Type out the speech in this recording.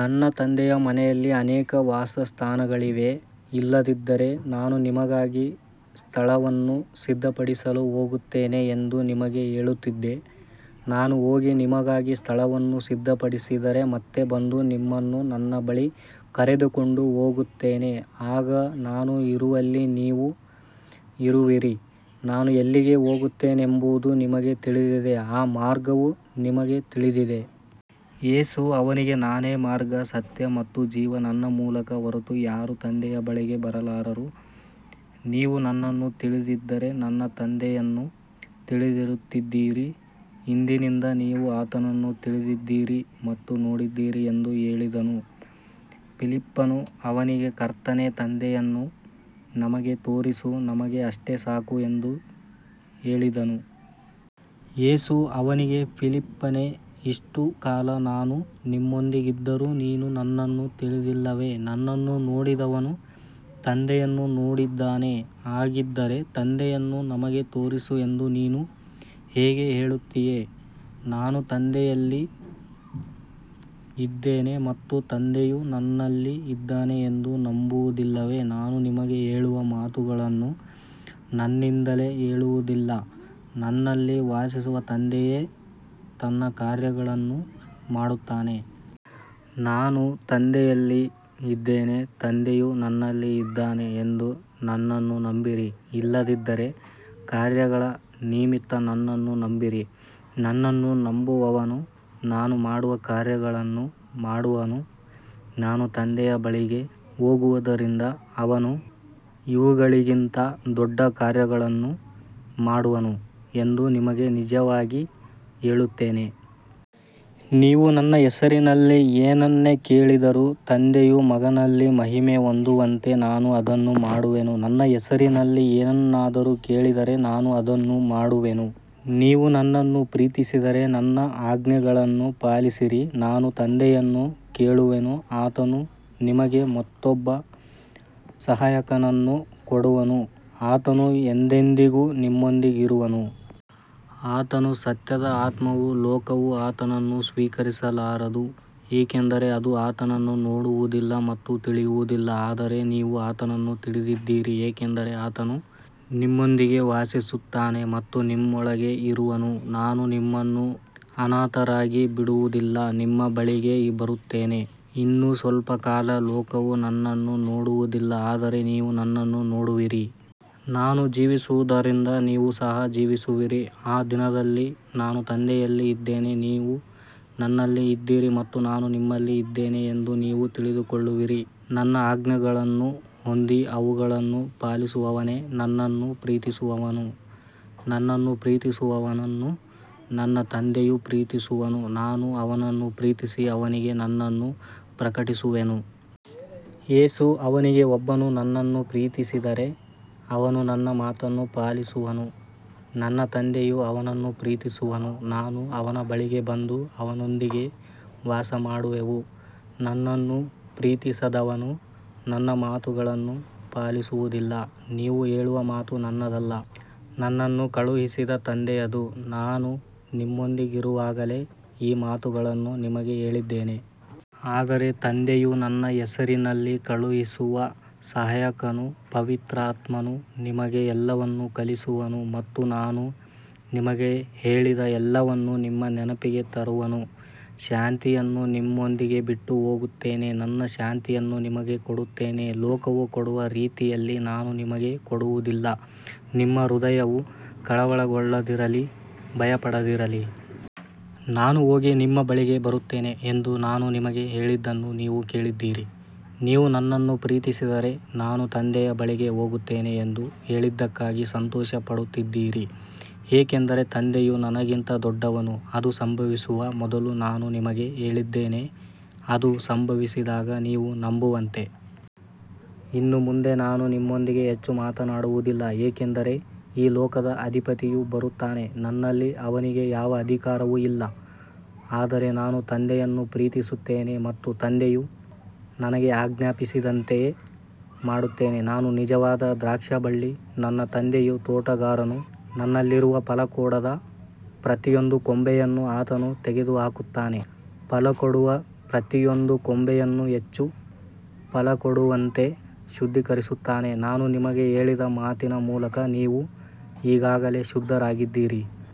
ನನ್ನ ತಂದೆಯ ಮನೆಯಲ್ಲಿ ಅನೇಕ ವಾಸಸ್ಥಾನಗಳಿವೆ. ಇಲ್ಲದಿದ್ದರೆ ನಾನು ನಿಮಗಾಗಿ ಸ್ಥಳವನ್ನು ಸಿದ್ಧಪಡಿಸಲು ಹೋಗುತ್ತೇನೆ ಎಂದು ನಿಮಗೆ ಹೇಳುತ್ತಿದ್ದೆ. ನಾನು ಹೋಗಿ ನಿಮಗಾಗಿ ಸ್ಥಳವನ್ನು ಸಿದ್ಧಪಡಿಸಿದರೆ ಮತ್ತೆ ಬಂದು ನಿಮ್ಮನ್ನು ನನ್ನ ಬಳಿಗೆ ಕರೆದುಕೊಂಡು ಹೋಗುತ್ತೇನೆ, ಆಗ ನಾನು ಇರುವಲ್ಲಿ ನೀವೂ ಇರುವಿರಿ. ನಾನು ಎಲ್ಲಿಗೆ ಹೋಗುತ್ತೇನೆಂಬುದು ನಿಮಗೆ ತಿಳಿದಿದೆ, ಆ ಮಾರ್ಗವೂ ನಿಮಗೆ ತಿಳಿದಿದೆ. ಯೇಸು ಅವನಿಗೆ, ನಾನೇ ಮಾರ್ಗ, ಸತ್ಯ ಮತ್ತು ಜೀವ. ನನ್ನ ಮೂಲಕ ಹೊರತು ಯಾರೂ ತಂದೆಯ ಬಳಿಗೆ ಬರಲಾರರು. ನೀವು ನನ್ನನ್ನು ತಿಳಿದಿದ್ದರೆ ನನ್ನ ತಂದೆಯನ್ನೂ ತಿಳಿದಿರುತ್ತಿದ್ದಿರಿ. ಇಂದಿನಿಂದ ನೀವು ಆತನನ್ನು ತಿಳಿದಿದ್ದೀರಿ ಮತ್ತು ನೋಡಿದ್ದೀರಿ ಎಂದು ಹೇಳಿದನು. ಫಿಲಿಪ್ಪನು ಅವನಿಗೆ, ಕರ್ತನೇ, ತಂದೆಯನ್ನು ನಮಗೆ ತೋರಿಸು, ನಮಗೆ ಅಷ್ಟೇ ಸಾಕು ಎಂದು ಹೇಳಿದನು. ಯೇಸು ಅವನಿಗೆ, ಫಿಲಿಪ್ಪನೇ, ಇಷ್ಟು ಕಾಲ ನಾನು ನಿಮ್ಮೊಂದಿಗಿದ್ದರೂ ನೀನು ನನ್ನನ್ನು ತಿಳಿದಿಲ್ಲವೇ? ನನ್ನನ್ನು ನೋಡಿದವನು ತಂದೆಯನ್ನು ನೋಡಿದ್ದಾನೆ. ಹಾಗಿದ್ದರೆ ತಂದೆಯನ್ನು ನಮಗೆ ತೋರಿಸು ಎಂದು ನೀನು ಹೇಗೆ ಹೇಳುತ್ತೀಯೆ? ನಾನು ತಂದೆಯಲ್ಲಿ ಇದ್ದೇನೆ ಮತ್ತು ತಂದೆಯು ನನ್ನಲ್ಲಿ ಇದ್ದಾನೆ ಎಂದು ನಂಬುವುದಿಲ್ಲವೇ? ನಾನು ನಿಮಗೆ ಹೇಳುವ ಮಾತುಗಳನ್ನು ನನ್ನಿಂದಲೇ ಹೇಳುವುದಿಲ್ಲ, ನನ್ನಲ್ಲಿ ವಾಸಿಸುವ ತಂದೆಯೇ ತನ್ನ ಕಾರ್ಯಗಳನ್ನು ಮಾಡುತ್ತಾನೆ. ನಾನು ತಂದೆಯಲ್ಲಿ ಇದ್ದೇನೆ, ತಂದೆಯು ನನ್ನಲ್ಲಿ ಇದ್ದಾನೆ ಎಂದು ನನ್ನನ್ನು ನಂಬಿರಿ, ಇಲ್ಲದಿದ್ದರೆ ಕಾರ್ಯಗಳ ನಿಮಿತ್ತ ನನ್ನನ್ನು ನಂಬಿರಿ. ನನ್ನನ್ನು ನಂಬುವವನು ನಾನು ಮಾಡುವ ಕಾರ್ಯಗಳನ್ನು ಮಾಡುವನು, ನಾನು ತಂದೆಯ ಬಳಿಗೆ ಹೋಗುವುದರಿಂದ ಅವನು ಇವುಗಳಿಗಿಂತ ದೊಡ್ಡ ಕಾರ್ಯಗಳನ್ನು ಮಾಡುವನು ಎಂದು ನಿಮಗೆ ನಿಜವಾಗಿ ಹೇಳುತ್ತೇನೆ. ನೀವು ನನ್ನ ಹೆಸರಿನಲ್ಲಿ ಏನನ್ನೇ ಕೇಳಿದರೂ ತಂದೆಯು ಮಗನಲ್ಲಿ ಮಹಿಮೆ ಹೊಂದುವಂತೆ ನಾನು ಅದನ್ನು ಮಾಡುವೆನು. ನನ್ನ ಹೆಸರಿನಲ್ಲಿ ಏನನ್ನಾದರೂ ಕೇಳಿದರೆ ನಾನು ಅದನ್ನು ಮಾಡುವೆನು. ನೀವು ನನ್ನನ್ನು ಪ್ರೀತಿಸಿದರೆ ನನ್ನ ಆಜ್ಞೆಗಳನ್ನು ಪಾಲಿಸಿರಿ. ನಾನು ತಂದೆಯನ್ನು ಕೇಳುವೆನು, ಆತನು ನಿಮಗೆ ಮತ್ತೊಬ್ಬ ಸಹಾಯಕನನ್ನು ಕೊಡುವನು, ಆತನು ಎಂದೆಂದಿಗೂ ನಿಮ್ಮೊಂದಿಗಿರುವನು. ಆತನು ಸತ್ಯದ ಆತ್ಮನು. ಲೋಕವು ಆತನನ್ನು ಸ್ವೀಕರಿಸಲಾರದು, ಏಕೆಂದರೆ ಅದು ಆತನನ್ನು ನೋಡುವುದಿಲ್ಲ ಮತ್ತು ತಿಳಿಯುವುದಿಲ್ಲ. ಆದರೆ ನೀವು ಆತನನ್ನು ತಿಳಿದಿದ್ದೀರಿ, ಏಕೆಂದರೆ ಆತನು ನಿಮ್ಮೊಂದಿಗೆ ವಾಸಿಸುತ್ತಾನೆ ಮತ್ತು ನಿಮ್ಮೊಳಗೆ ಇರುವನು. ನಾನು ನಿಮ್ಮನ್ನು ಅನಾಥರಾಗಿ ಬಿಡುವುದಿಲ್ಲ, ನಿಮ್ಮ ಬಳಿಗೆ ಬರುತ್ತೇನೆ. ಇನ್ನೂ ಸ್ವಲ್ಪ ಕಾಲ, ಲೋಕವು ನನ್ನನ್ನು ನೋಡುವುದಿಲ್ಲ, ಆದರೆ ನೀವು ನನ್ನನ್ನು ನೋಡುವಿರಿ. ನಾನು ಜೀವಿಸುವುದರಿಂದ ನೀವು ಸಹ ಜೀವಿಸುವಿರಿ. ಆ ದಿನದಲ್ಲಿ ನಾನು ತಂದೆಯಲ್ಲಿ ಇದ್ದೇನೆ, ನೀವು ನನ್ನಲ್ಲಿ ಇದ್ದೀರಿ ಮತ್ತು ನಾನು ನಿಮ್ಮಲ್ಲಿ ಇದ್ದೇನೆ ಎಂದು ನೀವು ತಿಳಿದುಕೊಳ್ಳುವಿರಿ. ನನ್ನ ಆಜ್ಞೆಗಳನ್ನು ಹೊಂದಿ ಅವುಗಳನ್ನು ಪಾಲಿಸುವವನೇ ನನ್ನನ್ನು ಪ್ರೀತಿಸುವವನು. ನನ್ನನ್ನು ಪ್ರೀತಿಸುವವನನ್ನು ನನ್ನ ತಂದೆಯೂ ಪ್ರೀತಿಸುವನು, ನಾನು ಅವನನ್ನು ಪ್ರೀತಿಸಿ ಅವನಿಗೆ ನನ್ನನ್ನು ಪ್ರಕಟಿಸುವೆನು. ಯೇಸು ಅವನಿಗೆ, ಒಬ್ಬನು ನನ್ನನ್ನು ಪ್ರೀತಿಸಿದರೆ ಅವನು ನನ್ನ ಮಾತನ್ನು ಪಾಲಿಸುವನು. ನನ್ನ ತಂದೆಯು ಅವನನ್ನು ಪ್ರೀತಿಸುವನು, ನಾವು ಅವನ ಬಳಿಗೆ ಬಂದು ಅವನೊಂದಿಗೆ ವಾಸಮಾಡುವೆವು. ನನ್ನನ್ನು ಪ್ರೀತಿಸದವನು ನನ್ನ ಮಾತುಗಳನ್ನು ಪಾಲಿಸುವುದಿಲ್ಲ. ನೀವು ಕೇಳುವ ಮಾತು ನನ್ನದಲ್ಲ, ನನ್ನನ್ನು ಕಳುಹಿಸಿದ ತಂದೆಯದು. ನಾನು ನಿಮ್ಮೊಂದಿಗಿರುವಾಗಲೇ ಈ ಮಾತುಗಳನ್ನು ನಿಮಗೆ ಹೇಳಿದ್ದೇನೆ. ಆದರೆ ತಂದೆಯು ನನ್ನ ಹೆಸರಿನಲ್ಲಿ ಕಳುಹಿಸುವ ಸಹಾಯಕನು, ಪವಿತ್ರಾತ್ಮನು, ನಿಮಗೆ ಎಲ್ಲವನ್ನೂ ಕಲಿಸುವನು ಮತ್ತು ನಾನು ನಿಮಗೆ ಹೇಳಿದ ಎಲ್ಲವನ್ನೂ ನಿಮ್ಮ ನೆನಪಿಗೆ ತರುವನು. ಶಾಂತಿಯನ್ನು ನಿಮ್ಮೊಂದಿಗೆ ಬಿಟ್ಟುಹೋಗುತ್ತೇನೆ, ನನ್ನ ಶಾಂತಿಯನ್ನು ನಿಮಗೆ ಕೊಡುತ್ತೇನೆ. ಲೋಕವು ಕೊಡುವ ರೀತಿಯಲ್ಲಿ ನಾನು ನಿಮಗೆ ಕೊಡುವುದಿಲ್ಲ. ನಿಮ್ಮ ಹೃದಯವು ಕಳವಳಗೊಳ್ಳದಿರಲಿ, ಭಯಪಡದಿರಲಿ. ನಾನು ಹೋಗಿ ನಿಮ್ಮ ಬಳಿಗೆ ಬರುತ್ತೇನೆ ಎಂದು ನಾನು ನಿಮಗೆ ಹೇಳಿದ್ದನ್ನು ನೀವು ಕೇಳಿದ್ದೀರಿ. ನೀವು ನನ್ನನ್ನು ಪ್ರೀತಿಸಿದರೆ ನಾನು ತಂದೆಯ ಬಳಿಗೆ ಹೋಗುತ್ತೇನೆ ಎಂದು ಹೇಳಿದ್ದಕ್ಕಾಗಿ ಸಂತೋಷಪಡುತ್ತಿದ್ದಿರಿ, ಏಕೆಂದರೆ ತಂದೆಯು ನನಗಿಂತ ದೊಡ್ಡವನು. ಅದು ಸಂಭವಿಸುವ ಮೊದಲು ನಾನು ನಿಮಗೆ ಹೇಳಿದ್ದೇನೆ, ಅದು ಸಂಭವಿಸಿದಾಗ ನೀವು ನಂಬುವಂತೆ. ಇನ್ನು ಮುಂದೆ ನಾನು ನಿಮ್ಮೊಂದಿಗೆ ಹೆಚ್ಚು ಮಾತನಾಡುವುದಿಲ್ಲ, ಏಕೆಂದರೆ ಈ ಲೋಕದ ಅಧಿಪತಿಯು ಬರುತ್ತಾನೆ. ನನ್ನಲ್ಲಿ ಅವನಿಗೆ ಯಾವ ಅಧಿಕಾರವೂ ಇಲ್ಲ. ಆದರೆ ನಾನು ತಂದೆಯನ್ನು ಪ್ರೀತಿಸುತ್ತೇನೆ ಮತ್ತು ತಂದೆಯು ನನಗೆ ಆಜ್ಞಾಪಿಸಿದಂತೆಯೇ ಮಾಡುತ್ತೇನೆ. ನಾನು ನಿಜವಾದ ದ್ರಾಕ್ಷಿಬಳ್ಳಿ, ನನ್ನ ತಂದೆಯು ತೋಟಗಾರನು. ನನ್ನಲ್ಲಿರುವ ಫಲಕೊಡದ ಪ್ರತಿಯೊಂದು ಕೊಂಬೆಯನ್ನು ಆತನು ತೆಗೆದುಹಾಕುತ್ತಾನೆ, ಫಲಕೊಡುವ ಪ್ರತಿಯೊಂದು ಕೊಂಬೆಯನ್ನೂ ಹೆಚ್ಚು ಫಲಕೊಡುವಂತೆ ಶುದ್ಧೀಕರಿಸುತ್ತಾನೆ. ನಾನು ನಿಮಗೆ ಹೇಳಿದ ಮಾತಿನ ಮೂಲಕ ನೀವು ಈಗಾಗಲೇ ಶುದ್ಧರಾಗಿದ್ದೀರಿ.